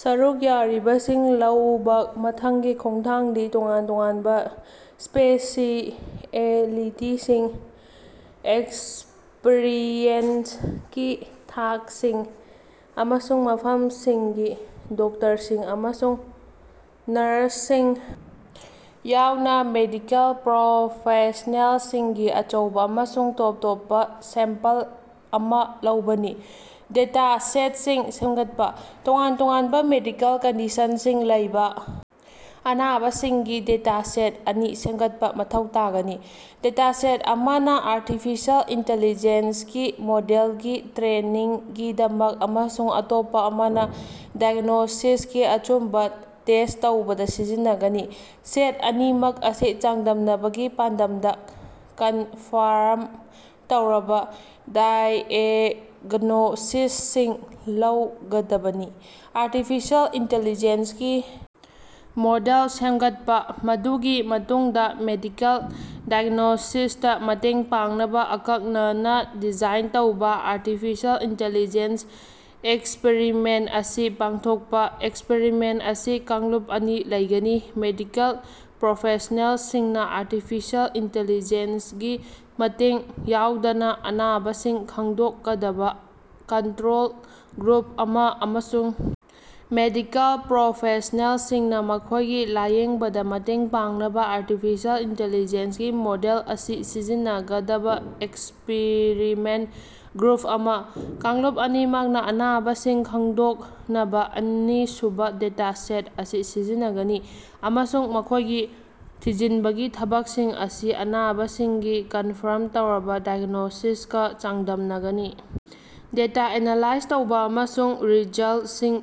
ꯁꯔꯨꯛ ꯌꯥꯔꯤꯕꯁꯤꯡ ꯂꯧꯕꯥ ꯃꯊꯪꯒꯤ ꯈꯣꯡꯊꯥꯡꯗꯤ ꯇꯣꯉꯥꯟ ꯇꯣꯉꯥꯟꯕ ꯁ꯭ꯄꯦꯁꯤꯑꯦꯂꯤꯇꯤꯁꯤꯡ, ꯑꯦꯛꯁꯄꯔꯤꯌꯦꯟꯁꯀꯤ ꯊꯥꯛꯁꯤꯡ, ꯑꯃꯁꯨꯡ ꯃꯐꯝꯁꯤꯡꯒꯤ ꯗꯣꯛꯇꯔꯁꯤꯡ ꯑꯃꯁꯨꯡ ꯅꯔꯁꯁꯤꯡ ꯌꯥꯎꯅ ꯃꯦꯗꯤꯀꯦꯜ ꯄ꯭ꯔꯣꯐꯦꯁ꯭ꯅꯦꯜꯁꯤꯡꯒꯤ ꯑꯆꯧꯕ ꯑꯃꯁꯨꯡ ꯇꯣꯞ ꯇꯣꯞꯄ ꯁꯦꯝꯄꯜ ꯑꯃꯥ ꯂꯧꯕꯅꯤ꯫ ꯗꯦꯇꯥ ꯁꯦꯠꯁꯤꯡ ꯁꯦꯝꯒꯠꯄꯥ: ꯇꯣꯉꯥꯟ ꯇꯣꯉꯥꯟꯕ ꯃꯦꯗꯤꯀꯦꯜ ꯀꯟꯗꯤꯁꯟꯁꯤꯡ ꯂꯩꯕ ꯑꯅꯥꯕꯁꯤꯡꯒꯤ ꯗꯦꯇꯥ ꯁꯦꯠ ꯑꯅꯤ ꯁꯦꯝꯒꯠꯄꯥ ꯃꯊꯧ ꯇꯥꯒꯅꯤ꯫ ꯗꯦꯇꯥ ꯁꯦꯠ ꯑꯃꯅꯥ ꯑꯥꯔꯇꯤꯐꯤꯁꯤꯑꯦꯜ ꯏꯟꯇ‌ꯦꯂꯤꯖ‌ꯦꯟꯁꯒꯤ ꯃꯣꯗꯦꯜꯒꯤ ꯇ꯭ꯔꯦꯅꯤꯡꯒꯤꯗꯃꯛ ꯑꯃꯁꯨꯡ ꯑꯇꯣꯞꯄꯥ ꯑꯃꯅ ꯗꯥꯏꯒ꯭ꯅꯣꯁꯤꯁꯀꯤ ꯑꯆꯨꯝꯕ ꯇꯦꯁ꯭ꯠ ꯇꯧꯕꯗ ꯁꯤꯖꯤꯟꯅꯒꯅꯤ꯫ ꯁꯦꯠ ꯑꯅꯤꯃꯛ ꯑꯁꯤ ꯆꯥꯡꯗꯝꯅꯕꯒꯤ ꯄꯥꯟꯗꯝꯗ ꯀꯟꯐꯥꯔꯝ ꯇꯧꯔꯕ ꯗꯥꯏꯑꯦꯒ꯭ꯅꯣꯁꯤꯁꯁꯤꯡ ꯂꯧꯒꯗꯕꯅꯤ꯫ ꯑꯥꯔꯇꯤꯐꯤꯁꯤꯑꯦꯜ ꯏꯟꯇ‌ꯦꯂꯤꯖ‌ꯦꯟꯁꯒꯤ ꯃꯣꯗꯦꯜ ꯁꯦꯝꯒꯠꯄꯥ: ꯃꯗꯨꯒꯤ ꯃꯇꯨꯡꯗꯥ ꯃꯦꯗꯤꯀꯦꯜ ꯗꯥꯏꯒ꯭ꯅꯣꯁꯤꯁꯇꯥ ꯃꯇꯦꯡ ꯄꯥꯡꯅꯕ ꯑꯀꯛꯅꯅꯥ ꯗꯤꯖꯥꯏꯟ ꯇꯧꯕꯥ ꯑꯥꯔꯇꯤꯐꯤꯁꯤꯑꯦꯜ ꯏꯟꯇ‌ꯦꯂꯤꯖ‌ꯦꯟꯁ ꯑꯦꯛꯁꯄꯔꯤꯃꯦꯟꯠ ꯑꯁꯤ ꯄꯥꯡꯊꯣꯛꯄꯥ: ꯑꯦꯛꯁꯄꯔꯤꯃꯦꯟꯠ ꯑꯁꯤ ꯀꯥꯡꯂꯨꯞ ꯑꯅꯤ ꯂꯩꯒꯅꯤ; ꯃꯦꯗꯤꯀꯦꯜ ꯄ꯭ꯔꯣꯐꯦꯁ꯭ꯅꯦꯜꯁꯤꯡꯅ ꯑꯥꯔꯇꯤꯐꯤꯁꯤꯑꯦꯜ ꯏꯟꯇ‌ꯦꯂꯤꯖ‌ꯦꯟꯁꯒꯤ ꯃꯇꯦꯡ ꯌꯥꯎꯗꯅ ꯑꯅꯥꯕꯁꯤꯡ ꯈꯪꯗꯣꯛꯀꯗꯕ ꯀꯟꯇꯔꯣꯜ ꯒ꯭ꯔꯨꯞ ꯑꯃꯥ ꯑꯃꯁꯨꯡ ꯃꯦꯗꯤꯀꯦꯜ ꯄ꯭ꯔꯣꯐꯦꯁ꯭ꯅꯦꯜꯁꯤꯡꯅ ꯃꯈꯣꯏꯒꯤ ꯂꯥꯌꯦꯡꯕꯗ ꯃꯇꯦꯡ ꯄꯥꯡꯅꯕꯥ ꯑꯥꯔꯇꯤꯐꯤꯁꯤꯑꯦꯜ ꯏꯟꯇ‌ꯦꯂꯤꯖ‌ꯦꯟꯁꯒꯤ ꯃꯣꯗꯦꯜ ꯑꯁꯤ ꯁꯤꯖꯤꯟꯅꯒꯗꯕ ꯑꯦꯛꯁꯄꯤꯔꯤꯃꯦꯟꯠ ꯒ꯭ꯔꯨꯞ ꯑꯃꯥ꯫ ꯀꯥꯡꯂꯨꯞ ꯑꯅꯤꯃꯛꯅꯥ ꯑꯅꯥꯕꯁꯤꯡ ꯈꯪꯗꯣꯛꯅꯕ ꯑꯅꯤꯁꯨꯕ ꯗꯦꯇꯥ ꯁꯦꯠ ꯑꯁꯤ ꯁꯤꯖꯤꯟꯅꯒꯅꯤ, ꯑꯃꯁꯨꯡ ꯃꯈꯣꯏꯒꯤ ꯊꯤꯖꯤꯟꯕꯒꯤ ꯊꯕꯛꯁꯤꯡ ꯑꯁꯤ ꯑꯅꯥꯕꯁꯤꯡꯒꯤ ꯀꯟꯐꯔꯝ ꯇꯧꯔꯕ ꯗꯥꯏꯒ꯭ꯅꯣꯁꯤꯁꯀꯥ ꯆꯥꯡꯗꯝꯅꯒꯅꯤ꯫ ꯗꯦꯇꯥ ꯑꯦꯅꯥꯂꯥꯏꯖ ꯇꯧꯕ ꯑꯃꯁꯨꯡ ꯔꯤꯖꯜꯠꯁꯤꯡ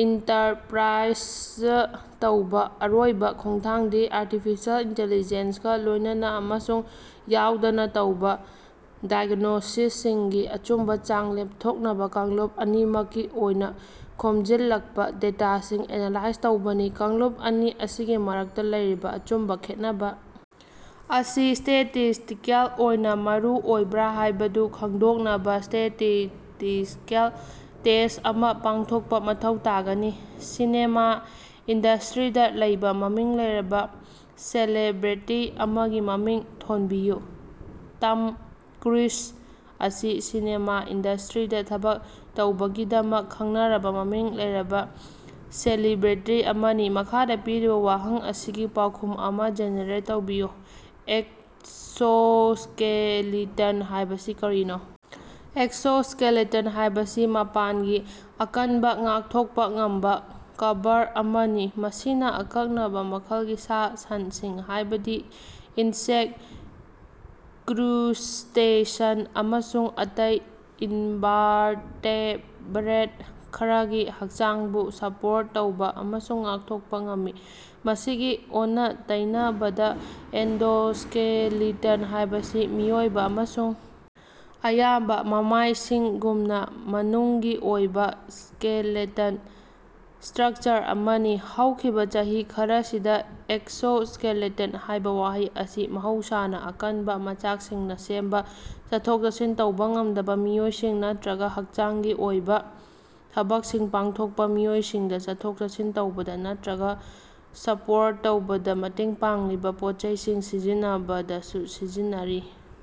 ꯏꯟꯇꯔꯄꯔꯥꯏꯖ ꯇꯧꯕꯥ: ꯑꯔꯣꯏꯕ ꯈꯣꯡꯊꯥꯡꯗꯤ ꯑꯥꯔꯇꯤꯐꯤꯁꯤꯑꯦꯜ ꯏꯟꯇ‌ꯦꯂꯤꯖ‌ꯦꯟꯁꯒꯥ ꯂꯣꯏꯅꯅꯥ ꯑꯃꯁꯨꯡ ꯌꯥꯎꯗꯅ ꯇꯧꯕ ꯗꯥꯏꯒ꯭ꯅꯣꯁꯤꯁꯁꯤꯡꯒꯤ ꯑꯆꯨꯝꯕ ꯆꯥꯡ ꯂꯦꯞꯊꯣꯛꯅꯕ ꯀꯥꯡꯂꯨꯞ ꯑꯅꯤꯃꯛꯀꯤ ꯑꯣꯏꯅ ꯈꯣꯝꯖꯤꯜꯂꯛꯄ ꯗꯦꯇꯥꯁꯤꯡ ꯑꯦꯅꯥꯂꯥꯏꯖ ꯇꯧꯕꯅꯤ꯫ ꯀꯥꯡꯂꯨꯞ ꯑꯅꯤ ꯑꯁꯤꯒꯤ ꯃꯔꯛꯇ ꯂꯩꯔꯤꯕ ꯑꯆꯨꯝꯕ ꯈꯦꯠꯅꯕ ꯑꯁꯤ ꯁ꯭ꯇꯦꯇꯤꯁ꯭ꯇꯤꯀꯦꯜ ꯑꯣꯏꯅ ꯃꯔꯨ ꯑꯣꯏꯕꯔꯥ ꯍꯥꯏꯕꯗꯨ ꯈꯪꯗꯣꯛꯅꯕꯥ ꯁ꯭ꯇꯦꯇꯤꯁ꯭ꯇꯤꯀꯦꯜ ꯇꯦꯁ꯭ꯠ ꯑꯃꯥ ꯄꯥꯡꯊꯣꯛꯄꯥ ꯃꯊꯧ ꯇꯥꯒꯅꯤ꯫ ꯁꯤꯅꯦꯃꯥ ꯏꯟꯗꯁ꯭ꯇꯔꯤꯗꯥ ꯂꯩꯕ ꯃꯃꯤꯡ ꯂꯩꯔꯕ ꯁꯦꯂꯤꯕ꯭ꯔꯦꯇꯤ ꯑꯃꯒꯤ ꯃꯃꯤꯡ ꯊꯣꯟꯕꯤꯌꯨ꯫ ꯇꯝ ꯀ꯭ꯔꯨꯏꯖ ꯑꯁꯤ ꯁꯤꯅꯦꯃꯥ ꯏꯟꯗꯁ꯭ꯇꯔꯤꯗꯥ ꯊꯕꯛ ꯇꯧꯕꯒꯤꯗꯃꯛ ꯈꯪꯅꯔꯕ ꯃꯃꯤꯡ ꯂꯩꯔꯕ ꯁꯦꯂꯤꯕ꯭ꯔꯦꯇꯤ ꯑꯃꯅꯤ꯫ ꯃꯈꯥꯗ ꯄꯤꯔꯤꯕ ꯋꯥꯍꯪ ꯑꯁꯤꯒꯤ ꯄꯥꯎꯈꯨꯝ ꯑꯃꯥ ꯖꯦꯅꯦꯔꯦꯠ ꯇꯧꯕꯤꯌꯨ꯫ ꯑꯦꯛꯁꯣꯁ꯭ꯀꯦꯂꯤꯇꯟ ꯍꯥꯏꯕꯁꯤ ꯀꯔꯤꯅꯣ? ꯑꯦꯛꯁꯣꯁ꯭ꯀꯦꯂꯤꯇꯟ ꯍꯥꯏꯕꯁꯤ ꯃꯄꯥꯟꯒꯤ, ꯑꯀꯟꯕ, ꯉꯥꯛꯊꯣꯛꯄꯥ ꯉꯝꯕ ꯀꯚꯔ ꯑꯃꯅꯤ, ꯃꯁꯤꯅ ꯑꯀꯛꯅꯕ ꯃꯈꯜꯒꯤ ꯁꯥ ꯁꯟꯁꯤꯡ ꯍꯥꯏꯕꯗꯤ ꯏꯟꯁꯦꯛꯠ, ꯀ꯭ꯔꯨꯁ꯭ꯇꯦꯁꯟ ꯑꯃꯁꯨꯡ ꯑꯇꯩ ꯏꯟꯚꯥꯔꯇꯦꯕ꯭ꯔꯦꯠ ꯈꯔꯒꯤ ꯍꯛꯆꯥꯡꯕꯨ ꯁꯄꯣꯔꯠ ꯇꯧꯕ ꯑꯃꯁꯨꯡ ꯉꯥꯛꯊꯣꯛꯄ ꯉꯝꯃꯤ꯫ ꯃꯁꯤꯒꯤ ꯑꯣꯟꯅ ꯇꯩꯅꯕꯗꯥ, ꯑꯦꯟꯗꯣꯁ꯭ꯀꯦꯂꯤꯇꯟ ꯍꯥꯏꯕꯁꯤ ꯃꯤꯑꯣꯏꯕ ꯑꯃꯁꯨꯡ ꯑꯌꯥꯝꯕ ꯃꯃꯥꯏꯁꯤꯡꯒꯨꯝꯅ ꯃꯅꯨꯡꯒꯤ ꯑꯣꯏꯕꯥ ꯁ꯭ꯀꯦꯂꯦꯇꯜ ꯁ꯭ꯇꯔꯛꯆꯔ ꯑꯃꯅꯤ꯫ ꯍꯧꯈꯤꯕꯥ ꯆꯍꯤ ꯈꯔꯁꯤꯗꯥ, ꯑꯦꯛꯁꯣꯁ꯭ꯀꯦꯂꯤꯇꯟ ꯍꯥꯏꯕ ꯋꯥꯍꯩ ꯑꯁꯤ ꯃꯍꯧꯁꯥꯅꯥ ꯑꯀꯟꯕ ꯃꯆꯥꯛꯁꯤꯡꯅ ꯁꯦꯝꯕꯥ, ꯆꯠꯊꯣꯛ-ꯆꯠꯁꯤꯟ ꯇꯧꯕ ꯉꯝꯗꯕ ꯃꯤꯑꯣꯏꯁꯤꯡ ꯅꯠꯇꯔꯒꯥ ꯍꯛꯆꯥꯡꯒꯤ ꯑꯣꯏꯕ ꯊꯕꯛꯁꯤꯡ ꯄꯥꯡꯊꯣꯛꯄꯥ ꯃꯤꯑꯣꯏꯁꯤꯡꯗ ꯆꯠꯊꯣꯛ ꯆꯠꯁꯤꯟ ꯇꯧꯕꯗ ꯅꯠꯇꯔꯒ ꯁꯄꯣꯔꯠ ꯇꯧꯕꯗ ꯃꯇꯦꯡ ꯄꯥꯡꯂꯤꯕ ꯄꯣꯠꯆꯩꯁꯤꯡ ꯁꯤꯖꯤꯟꯅꯕꯗꯁꯨ ꯁꯤꯖꯤꯟꯅꯔꯤ꯫